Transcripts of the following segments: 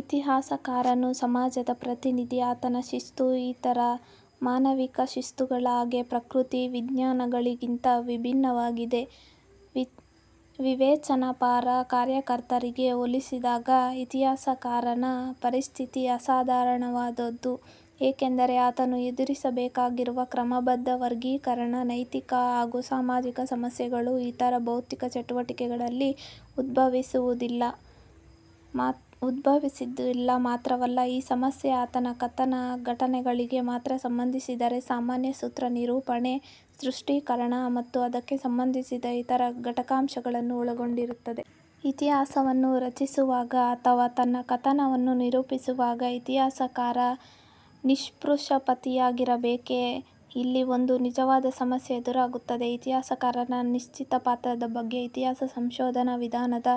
ಇತಿಹಾಸಕಾರನು ಸಮಾಜದ ಪ್ರತಿನಿಧಿ. ಆತನ ಶಿಸ್ತು ಇತರ ಮಾನವಿಕ ಶಿಸ್ತುಗಳ ಹಾಗೆ ಪ್ರಕೃತಿ ವಿಜ್ಞಾನಗಳಿಗಿಂತ ವಿಭಿನ್ನವಾಗಿದೆ. ವಿವೇಚನಾಪರ ಕಾರ್ಯಕರ್ತರಿಗೆ ಹೋಲಿಸಿದಾಗ ಇತಿಹಾಸಕಾರನ ಪರಿಸ್ಥಿತಿ ಅಸಾಧಾರಣವಾದುದು. ಏಕೆಂದರೆ ಆತನು ಎದುರಿಸಬೇಕಾಗಿರುವ ಕ್ರಮಬದ್ಧ ವರ್ಗೀಕರಣ, ನೈತಿಕ ಹಾಗೂ ಸಾಮಾಜಿಕ ಸಮಸ್ಯೆಗಳು ಇತರ ಬೌದ್ಧಿಕ ಚಟುವಟಿಕೆಗಳಲ್ಲಿ ಉದ್ಭವಿಸುವುದಿಲ್ಲ. ಮಾತ್ರವಲ್ಲ, ಈ ಸಮಸ್ಯೆ ಆತನ ಕಥನ ಘಟನೆಗಳಿಗೆ ಮಾತ್ರ ಸಂಬಂಧಿಸಿರದೆ ಸಾಮಾನ್ಯ ಸೂತ್ರ ನಿರೂಪಣೆ ಸ್ಪಷ್ಟೀಕರಣ ಮತ್ತು ಅದಕ್ಕೆ ಸಂಬಂಧಿಸಿದ ಇತರ ಘಟಕಾಂಶಗಳನ್ನು ಒಳಗೊಂಡಿರುತ್ತದೆ. ಇತಿಹಾಸವನ್ನು ರಚಿಸುವಾಗ ಅಥವಾ ತನ್ನ ಕಥನವನ್ನು ನಿರೂಪಿಸುವಾಗ ಇತಿಹಾಸಕಾರ ನಿಷ್ಪಕ್ಷಪಾತಿಯಾಗಿರಬೇಕೆ? ಇಲ್ಲಿ ಒಂದು ನಿಜವಾದ ಸಮಸ್ಯೆ ಎದುರಾಗುತ್ತದೆ. ಇತಿಹಾಸಕಾರರ ನಿಶ್ಚಿತ ಪಾತ್ರದ ಬಗ್ಗೆ ಇತಿಹಾಸ ಸಂಶೋಧನಾ ವಿಧಾನದ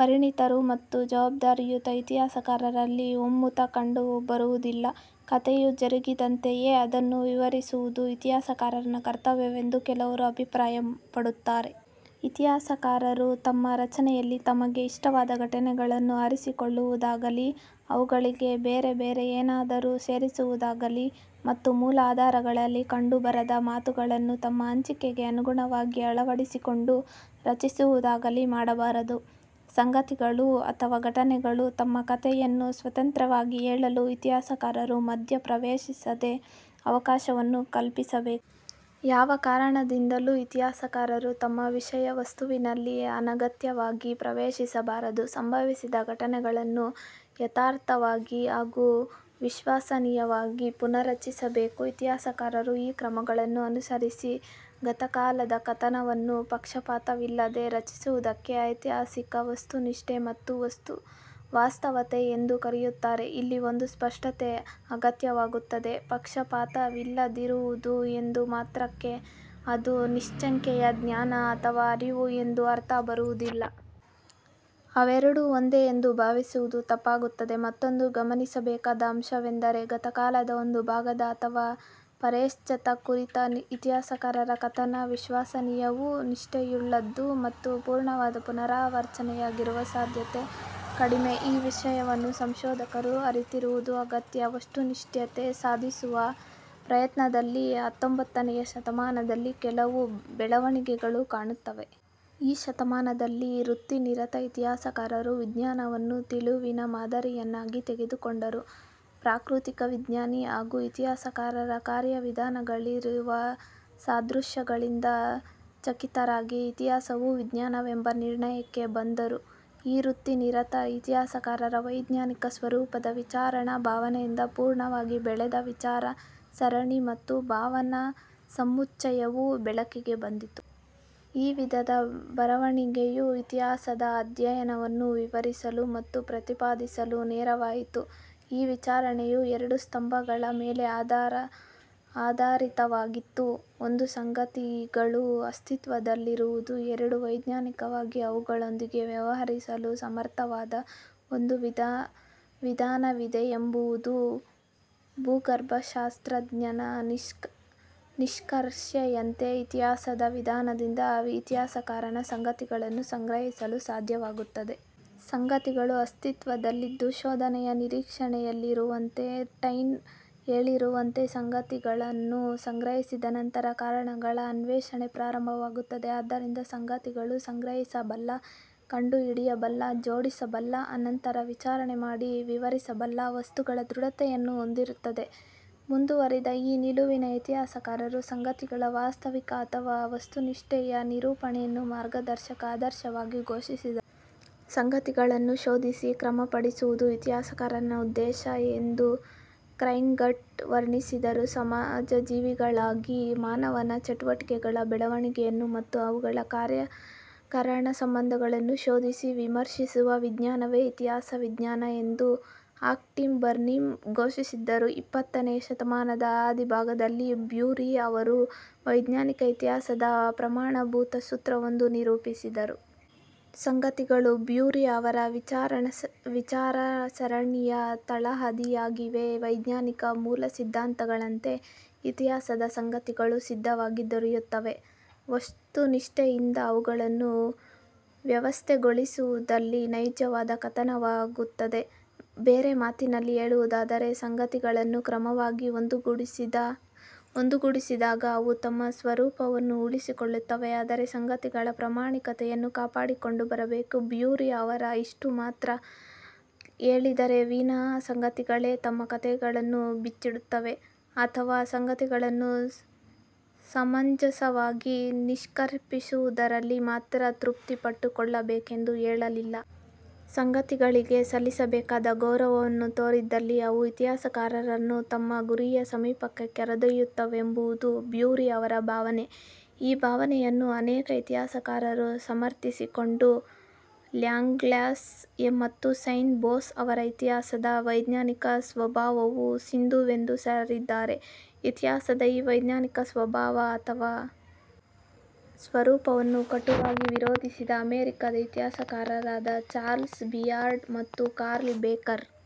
ಪರಿಣತರು ಮತ್ತು ಜವಾಬ್ದಾರಿಯುತ ಇತಿಹಾಸಕಾರರಲ್ಲಿ ಒಮ್ಮತ ಕಂಡುಬರುವುದಿಲ್ಲ. ಕಥೆಯು ಜರುಗಿದಂತೆಯೇ ಅದನ್ನು ವಿವರಿಸುವುದು ಇತಿಹಾಸಕಾರರ ಕರ್ತವ್ಯವೆಂದು ಕೆಲವರು ಅಭಿಪ್ರಾಯ ಪಡುತ್ತಾರೆ. ಇತಿಹಾಸಕಾರರು ತಮ್ಮ ರಚನೆಯಲ್ಲಿ ತಮಗೆ ಇಷ್ಟವಾದ ಘಟನೆಗಳನ್ನು ಆರಿಸಿಕೊಳ್ಳುವುದಾಗಲಿ, ಅವುಗಳಿಗೆ ಬೇರೆ ಬೇರೆ ಏನಾದರೂ ಸೇರಿಸುವುದಾಗಲಿ ಮತ್ತು ಮೂಲ ಆಧಾರಗಳಲ್ಲಿ ಕಂಡುಬರದ ಮಾತುಗಳನ್ನು ತಮ್ಮ ಹಂಚಿಕೆಗೆ ಅನುಗುಣವಾಗಿ ಅಳವಡಿಸಿಕೊಂಡು ರಚಿಸುವುದಾಗಲಿ ಮಾಡಬಾರದು. ಸಂಗತಿಗಳು ಅಥವಾ ಘಟನೆಗಳು ತಮ್ಮ ಕಥೆಯನ್ನು ಸ್ವತಂತ್ರವಾಗಿ ಹೇಳಲು, ಇತಿಹಾಸಕಾರರು ಮಧ್ಯ ಪ್ರವೇಶಿಸದೆ, ಅವಕಾಶವನ್ನು ಕಲ್ಪಿಸಬೇಕು. ಯಾವ ಕಾರಣದಿಂದಲೂ ಇತಿಹಾಸಕಾರರು ತಮ್ಮ ವಿಷಯ ವಸ್ತುವಿನಲ್ಲಿ ಅನಗತ್ಯವಾಗಿ ಪ್ರವೇಶಿಸಬಾರದು. ಸಂಭವಿಸಿದ ಘಟನೆಗಳನ್ನು ಯಥಾರ್ಥವಾಗಿ ಹಾಗೂ ವಿಶ್ವಸನೀಯವಾಗಿ ಪುನಾರಚಿಸಬೇಕು. ಇತಿಹಾಸಕಾರರು ಈ ಕ್ರಮಗಳನ್ನು ಅನುಸರಿಸಿ ಗತಕಾಲದ ಕಥನವನ್ನು ಪಕ್ಷಪಾತವಿಲ್ಲದೆ ರಚಿಸುವುದಕ್ಕೆ ಐತಿಹಾಸಿಕ ವಸ್ತುನಿಷ್ಠತೆ ಅಥವಾ ವಾಸ್ತವತೆ ಎಂದು ಕರೆಯುತ್ತೇವೆ. ಇಲ್ಲಿ ಒಂದು ಸ್ಪಷ್ಟತೆ ಅಗತ್ಯವಾಗುತ್ತದೆ. ಪಕ್ಷಪಾತವಿಲ್ಲದಿರುವುದು ಎಂದ ಮಾತ್ರಕ್ಕೆ ಅದು ನಿಶ್ಯಂಕೆಯ ಜ್ಞಾನ ಅಥವಾ ಅರಿವು ಎಂದು ಅರ್ಥ ಬರುವುದಿಲ್ಲ. ಅವೆರಡೂ ಒಂದೇ ಎಂದು ಭಾವಿಸುವುದು ತಪ್ಪಾಗುತ್ತದೆ. ಮತ್ತೊಂದು ಗಮನಿಸಬೇಕಾದ ಅಂಶವೆಂದರೆ, ಗತಕಾಲದ ಒಂದು ಭಾಗದ ಅಥವಾ ಪರಿಚ್ಛೇದ ಕುರಿತ ಇತಿಹಾಸಕಾರರ ಕಥನ ವಿಶ್ವಸನೀಯವೂ, ನಿಷ್ಠೆಯುಳ್ಳದ್ದೂ ಮತ್ತು ಪೂರ್ಣವಾದ ಪುನಾರಚನೆಯಾಗಿರುವ ಸಾಧ್ಯತೆ ಕಡಿಮೆ. ಈ ವಿಷಯವನ್ನು ಸಂಶೋಧಕರು ಅರಿತಿರುವುದು ಅಗತ್ಯ. ವಸ್ತುನಿಷ್ಠತೆ ಸಾಧಿಸುವ ಪ್ರಯತ್ನದಲ್ಲಿ ಹತ್ತೊಂಭತ್ತನೆಯ ಶತಮಾನದಲ್ಲಿ ಕೆಲವು ಬೆಳವಣಿಗೆಗಳನ್ನು ಕಾಣುತ್ತೇವೆ. ಈ ಶತಮಾನದಲ್ಲಿ ವೃತ್ತಿನಿರತ ಇತಿಹಾಸಕಾರರು ವಿಜ್ಞಾನವನ್ನು ತಿಳಿವಿನ ಮಾದರಿಯನ್ನಾಗಿ ತೆಗೆದುಕೊಂಡರು. ಪ್ರಾಕೃತಿಕ ವಿಜ್ಞಾನಿ ಹಾಗೂ ಇತಿಹಾಸಕಾರನ ಕಾರ್ಯವಿಧಾನಗಳಿಗಿರುವ ಸಾದೃಶ್ಯಗಳಿಂದ ಚಕಿತರಾಗಿ ಇತಿಹಾಸವೂ ವಿಜ್ಞಾನವೆಂಬ ನಿರ್ಣಯಕ್ಕೆ ಬಂದರು. ಈ ವೃತ್ತಿನಿರತ ಇತಿಹಾಸಕಾರರ ವೈಜ್ಞಾನಿಕ ಸ್ವರೂಪದ ವಿಚಾರಣಾ ಭಾವನೆಯಿಂದ ಪೂರ್ಣವಾಗಿ ಬೆಳೆದ ವಿಚಾರ ಸರಣಿ ಮತ್ತು ಭಾವನಾ ಸಮುಚ್ಛಯವು ಬೆಳಕಿಗೆ ಬಂದಿತು. ಈ ವಿಧದ ಬರವಣಿಗೆಯು ಇತಿಹಾಸದ ಅಧ್ಯಯನವನ್ನು ವಿವರಿಸಲು ಮತ್ತು ಪ್ರತಿಪಾದಿಸಲು ನೆರವಾಯಿತು. ಈ ವಿಚಾರಣೆಯು ಎರಡು ಸ್ತಂಭಗಳ ಮೇಲೆ ಆಧರಿತವಾಗಿತ್ತು. ಒಂದು, ಸಂಗತಿಗಳು ಅಸ್ತಿತ್ವದಲ್ಲಿರುವುದು ಎರಡು, ವೈಜ್ಞಾನಿಕವಾಗಿ ಅವುಗಳೊಂದಿಗೆ ವ್ಯವಹರಿಸಲು ಸಮರ್ತವಾದ ಒಂದು ವಿಧಾನವಿದೆಯೆಂಬುದು. ಭೂಗರ್ಭಶಾಸ್ತ್ರಜ್ಞನ ನಿಷ್ಕರ್ಷೆಯಂತೆ, ಇತಿಹಾಸದ ವಿಧಾನದಿಂದ ಇತಿಹಾಸಕಾರನು ಸಂಗತಿಗಳನ್ನು ಸಂಗ್ರಹಿಸಲು ಸಾಧ್ಯವಾಗುತ್ತದೆ. ಸಂಗತಿಗಳು ಅಸ್ತಿತ್ವದಲ್ಲಿದ್ದು ಶೋಧನೆಯ ನಿರೀಕ್ಷಣೆಯಲ್ಲಿರುತ್ತವೆ. ಟೈನ್ ಹೇಳಿರುವಂತೆ ಸಂಗತಿಗಳನ್ನು ಸಂಗ್ರಹಿಸಿದ ನಂತರ ಕಾರಣಗಳ ಅನ್ವೇಷಣೆ ಪ್ರಾರಂಭವಾಗುತ್ತದೆ. ಆದ್ದರಿಂದ ಸಂಗತಿಗಳು ಸಂಗ್ರಹಿಸಬಲ್ಲ, ಕಂಡು ಹಿಡಿಯಬಲ್ಲ, ಜೋಡಿಸಬಲ್ಲ, ಅನಂತರ ವಿಚಾರಣೆ ಮಾಡಿ ವಿವರಿಸಬಲ್ಲ ವಸ್ತುಗಳ ದೃಢತೆಯನ್ನು ಹೊಂದಿರುತ್ತವೆ. ಮುಂದುವರಿದು ಈ ನಿಲುವಿನ ಇತಿಹಾಸಕಾರರು ಸಂಗತಿಗಳ ವಾಸ್ತವಿಕ ಅಥವಾ ವಸ್ತುನಿಷ್ಠತೆಯ ನಿರೂಪಣೆಯನ್ನು ಮಾರ್ಗದರ್ಶಕ ಆದರ್ಶವಾಗಿ ಘೋಷಿಸಿದರು. ಸಂಗತಿಗಳನ್ನು ಶೋಧಿಸಿ ಕ್ರಮಪಡಿಸುವುದು ಇತಿಹಾಸಕಾರನ ಉದ್ದೇಶ ಎಂದು ಕ್ರೈಗ್ಟನ್ ವರ್ಣಿಸಿದರು. ಸಮಾಜಜೀವಿಗಳಿಗಾಗಿ ಮಾನವನ ಚಟುವಟಿಕೆಗಳ ಬೆಳವಣಿಗೆಯನ್ನು ಮತ್ತು ಅವುಗಳ ಕಾರ್ಯಕಾರಣ ಸಂಬಂಧಗಳನ್ನು ಶೋಧಿಸಿ ವಿಮರ್ಶಿಸುವ ವಿಜ್ಞಾನವೇ ಇತಿಹಾಸ ವಿಜ್ಞಾನ ಎಂದು ಆಕ್ನಿಸ್ಟ್ ಬರ್ನಿಂ ಘೋಷಿಸಿದ್ದಾರೆ. ಇಪ್ಪತ್ತನೆಯ ಶತಮಾನದ ಆದಿಭಾಗದಲ್ಲಿ ಬ್ಯೂರಿ ಅವರು ವೈಜ್ಞಾನಿಕ ಇತಿಹಾಸದ ಪ್ರಮಾಣಭೂತ ಸೂತ್ರವೊಂದನ್ನು ನಿರೂಪಿಸಿದರು. ಸಂಗತಿಗಳು ಬ್ಯೂರಿ ಅವರ ವಿಚಾರಸರಣಿಯ ತಳಹದಿಯಾಗಿದೆ. ವೈಜ್ಞಾನಿಕ ಮೂಲಸಿದ್ಧಾಂತಗಳಂತೆ ಇತಿಹಾಸದ ಸಂಗತಿಗಳೂ ಸಿದ್ಧವಾಗಿ ದೊರೆಯುತ್ತವೆ. ವಸ್ತುನಿಷ್ಠತೆಯಿಂದ ಅವುಗಳನ್ನು ವ್ಯವಸ್ಥೆಗೊಳಿಸಿದಲ್ಲಿ ನೈಜವಾದ ಕಥನವಾಗುತ್ತದೆ. ಬೇರೆ ಮಾತಿನಲ್ಲಿ ಹೇಳುವುದಾದರೆ, ಸಂಗತಿಗಳನ್ನು ಕ್ರಮವಾಗಿ ಒಂದುಗೂಡಿಸಿದಾಗ ಅವು ತಮ್ಮ ಸ್ವರೂಪವನ್ನು ಉಳಿಸಿಕೊಳ್ಳುತ್ತವೆ. ಆದರೆ ಸಂಗತಿಗಳ ಪ್ರಾಮಾಣಿಕತೆಯನ್ನು ಕಾಪಾಡಿಕೊಂಡು ಬರಬೇಕು. ಬ್ಯೂರಿ ಅವರು ಇಷ್ಟುಮಾತ್ರ ಹೇಳಿದರೇ ವಿನಾ ಸಂಗತಿಗಳೇ ತಮ್ಮ ಕಥೆಯನ್ನು ಬಿಚ್ಚಿಡುತ್ತವೆ ಅಥವಾ ಸಂಗತಿಗಳನ್ನು ಸಮಂಜಸವಾಗಿ ನಿಷ್ಕರ್ಷಿಸುವುದರಲ್ಲಿ ಮಾತ್ರ ತೃಪ್ತಿಪಟ್ಟುಕೊಳ್ಳಬೇಕೆಂದು ಹೇಳಲಿಲ್ಲ. ಸಂಗತಿಗಳಿಗೆ ಸಲ್ಲಿಸಬೇಕಾದ ಗೌರವವನ್ನು ತೋರಿದಲ್ಲಿ ಅವು ಇತಿಹಾಸಕಾರರನ್ನು ತಮ್ಮ ಗುರಿಯ ಸಮೀಪಕ್ಕೆ ಕರೆದೊಯ್ಯುತ್ತದೆಂಬುದು ಬ್ಯೂರಿ ಅವರ ಭಾವನೆ. ಈ ಭಾವನೆಯನ್ನು ಅನೇಕ ಇತಿಹಾಸಕಾರರು ಸಮರ್ಥಿಸಿದ್ದಾರೆ. ಲ್ಯಾಂಗ್ಲಾಯ್ಸ್ ಮತ್ತು ಸೈನ್ ಭೋಸ್ ಅವರೂ ಇತಿಹಾಸದ ವೈಜ್ಞಾನಿಕ ಸ್ವಭಾವವು ಸಿಂಧುವೆಂದು ಸಾರಿದ್ದಾರೆ. ಇತಿಹಾಸದ ಈ ವೈಜ್ಞಾನಿಕ ಸ್ವಭಾವ ಅಥವಾ ಸ್ವರೂಪವನ್ನು ಕಟುವಾಗಿ ವಿರೋಧಿಸಿದ ಅಮೆರಿಕಾದ ಇತಿಹಾಸಕಾರರಾದ ಚಾರ್ಲ್ಸ್ ಬಿಯರ್ಡ್ ಮತ್ತು ಕಾರ್ಲ್ ಬೇಕರ್